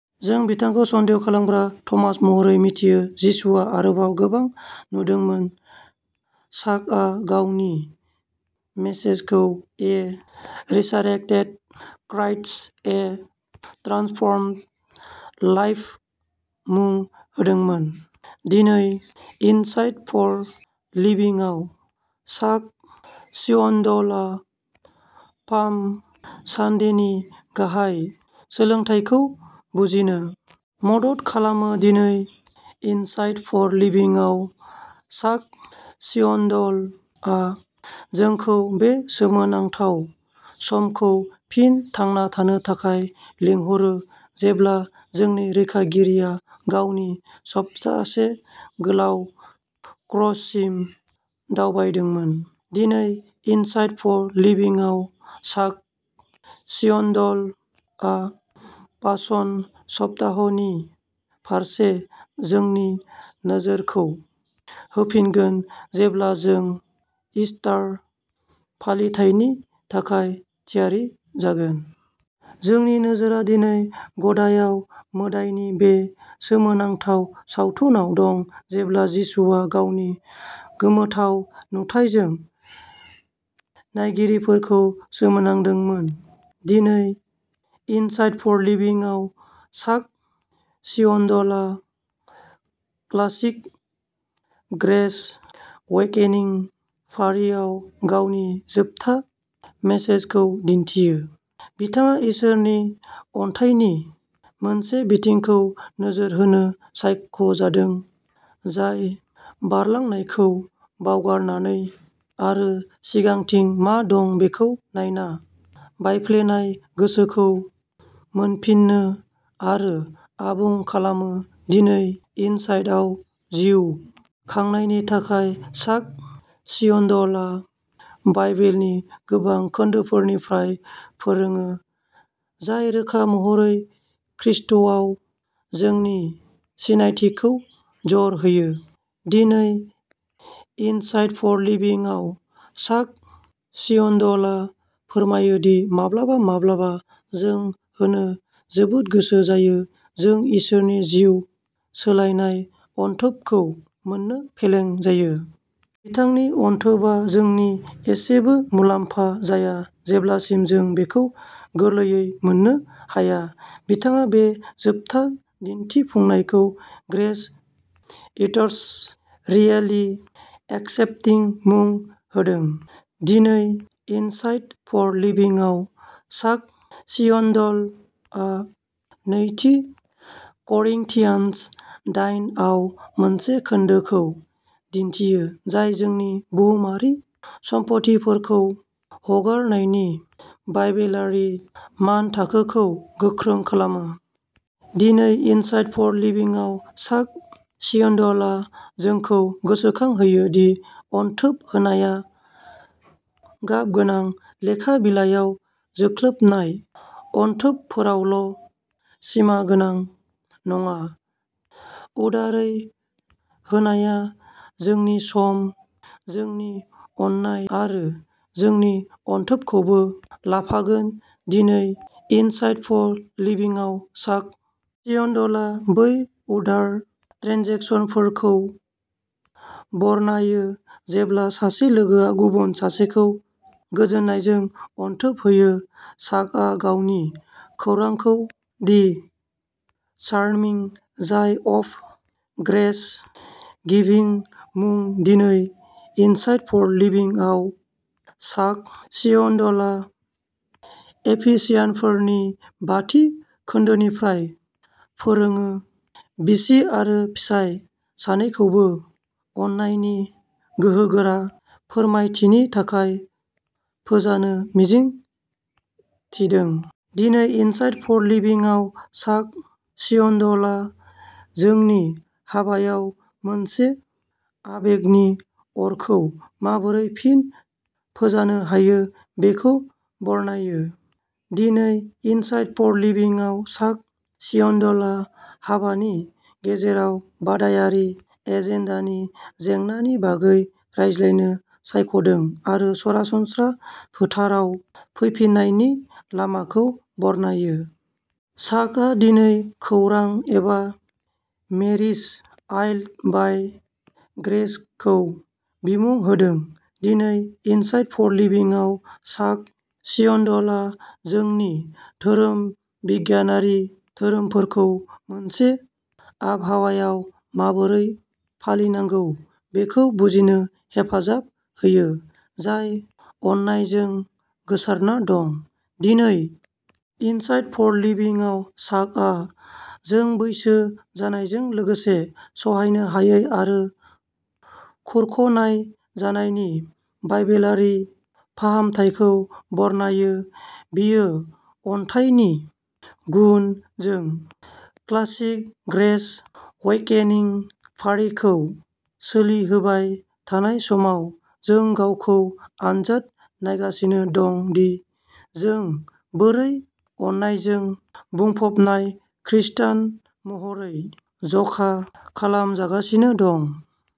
जों बिथांखौ सन्देह खालामग्रा थमास महरै मिन्थियो जिसुआ आरोबाव गोबां नुदोंमोन चाकआ गावनि मेसेजखौ a resurrected Christ a transformed life मुं होदोंमोन दिनै इनसाइट फर लिभिंआव चाक स्विनडलआ पाम सानडेनि गाहाय सोलोंथायखौ बुजिनो मदद खालामो दिनै इनसाइट फर लिभिंआव चाक स्विनडलआ जोंखौ बे सोमोनांथाव समखौ फिन थांना थानो थाखाय लिंहरो जेब्ला जोंनि रैखागिरिया गावनि सप्तासे गोलाव क्रससिम दावबायदोंमोन दिनै इनसाइट फर लिभिंआव चाक स्विनडलआ पासन सप्ताहनि फारसे जोंनि नोजोरखौ होफिनगोन जेब्ला जों ईस्टार फालिथायनि थाखाय थियारि जागोन। जोंनि नोजोरआ दिनै गदायाव मोदाइ नि बे सोमोनांथाव सावथुनाव दं जेब्ला जिसुआ गावनि गोमोथाव नुथाइजों नायगिरिफोरखौ सोमोनांदोंमोन। दिनै इनसाइट फर लिभिंआव चाक स्विनडलआ क्लासिक ग्रेस अवेकेनिं फारिआव गावनि जोबथा मेसेजखौ दिन्थियो। बिथाङा इसोरनि अनथाइनि मोनसे बिथिंखौ नोजोर होनो सायख'जादों जाय बारलांनायखौ बावगारनानै आरो सिगांथिं मा दं बेखौ नायना बायफ्लेनाय गोसोखौ मोनफिनो आरो आबुं खालामो दिनै इनसाइटआव। जिउ खांनायनि थाखाय चाक स्विनडलआ बाइबेलनि गोबां खोन्दोफोरनिफ्राय फोरोङो जाय रोखा महरै ख्रीष्टआव जोंनि सिनायथिखौ जर होयो। दिनै इनसाइट फर लिभिंआव चाक स्विनडलआ फोरमायो दि माब्लाबा माब्लाबा जों होनो जोबोद गोसो जायो जों इसोरनि जिउ सोलायनाय अनथोबखौ मोन्नो फेलें जायो। बिथांनि अनथोबआ जोंनि एसेबो मुलाम्फा जाया जेब्लासिम जों बेखौ गोरलैयै मोननो हाया बिथाङा बे जोबथा दिन्थिफुंनायखौ ग्रेस इट्स रियेलि एक्सेप्टिं मुं होदों दिनै इनसाइट फर लिभिंआव चाक स्विनडलआ नैथि करिंथियान्स दाइन आव मोनसे खोन्दोखौ दिन्थियो जाय जोंनि बुहुमारि सम्फथिफोरखौ हगारनायनि बाइबेलारि मानथाखोखौ गोख्रों खालामो। दिनै इनसाइट फर लिभिंआव चाक स्विनडलआ जोंखौ गोसोखांहोयो दि अनथोब होनाया गाबगोनां लेखा बिलाइयाव जोख्लोबनाय अनथोबफोरावल' सिमागोनां नङा उदारै होनाया जोंनि सम जोंनि अननाय आरो जोंनि अनथोबखौबो लाफागोन दिनै इनसाइट फर लिभिंआव चाक स्विनडलआ बै उदार ट्रेन्जेकसनफोरखौ बरनायो जेब्ला सासे लोगोआ गुबुन सासेखौ गोजोननायजों अनथोब होयो चाकआ गावनि खौरांखौ the charming joy of grace giving मुं दिनै इनसाइट फर लिभिंआव चाक स्विनडलआ एफिसियानफोरनि बाथि खोन्दोनिफ्राय फोरोङो बिसि आरो फिसाय सानैखौबो अननायनि गोहोगोरा फोरमायथिनि थाखाय फोजानो मिजिं थिदों। दिनै इनसाइट फर लिभिंआव चाक स्विनडलआ नोंनि हाबायाव मोनसे आबेगनि अरखौ माबोरै फिन फोजानो हायो बेखौ बरनायो। दिनै इनसाइट फर लिभिंआव चाक स्विनडलआ हाबानि गेजेराव बादायारि एजेन्डानि जेंनानि बागै रायज्लायनो सायख'दों आरो सरासनस्रा फोथाराव फैफिन्नायनि लामाखौ बरनायो। चाकआ दिनैनि खौरां ए मेरिज आयल्ड बाइ ग्रेसखौ बिमुं होदों दिनै इनसाइट फर लिभिंआव चाक स्विनडलआ जोंनि धोरोम बिगियानारि धोरोमफोरखौ मोनसे आबहावायाव माबोरै फालिनांगौ बेखौ बुजिनो हेफाजाब होयो जाय अननायजों गोसारना दं। दिनै इनसाइट फर लिभिंआव चाकआ जों बैसो जानायजों लोगोसे सहायनो हायै आरो खुरख'नाय जानायनि बाइबेलारि फाहामथायखौ बरनायो बेयो अनथायनि गुन जों क्लासिक ग्रेस अवेकेनिं फारिखौ सोलिहोबाय थानाय समाव जों गावखौ आनजाद नायगासिनो दं दि जों बोरै अननायजों बुंफबनाय खृस्टान महरै जखा खालामजागासिनो दं।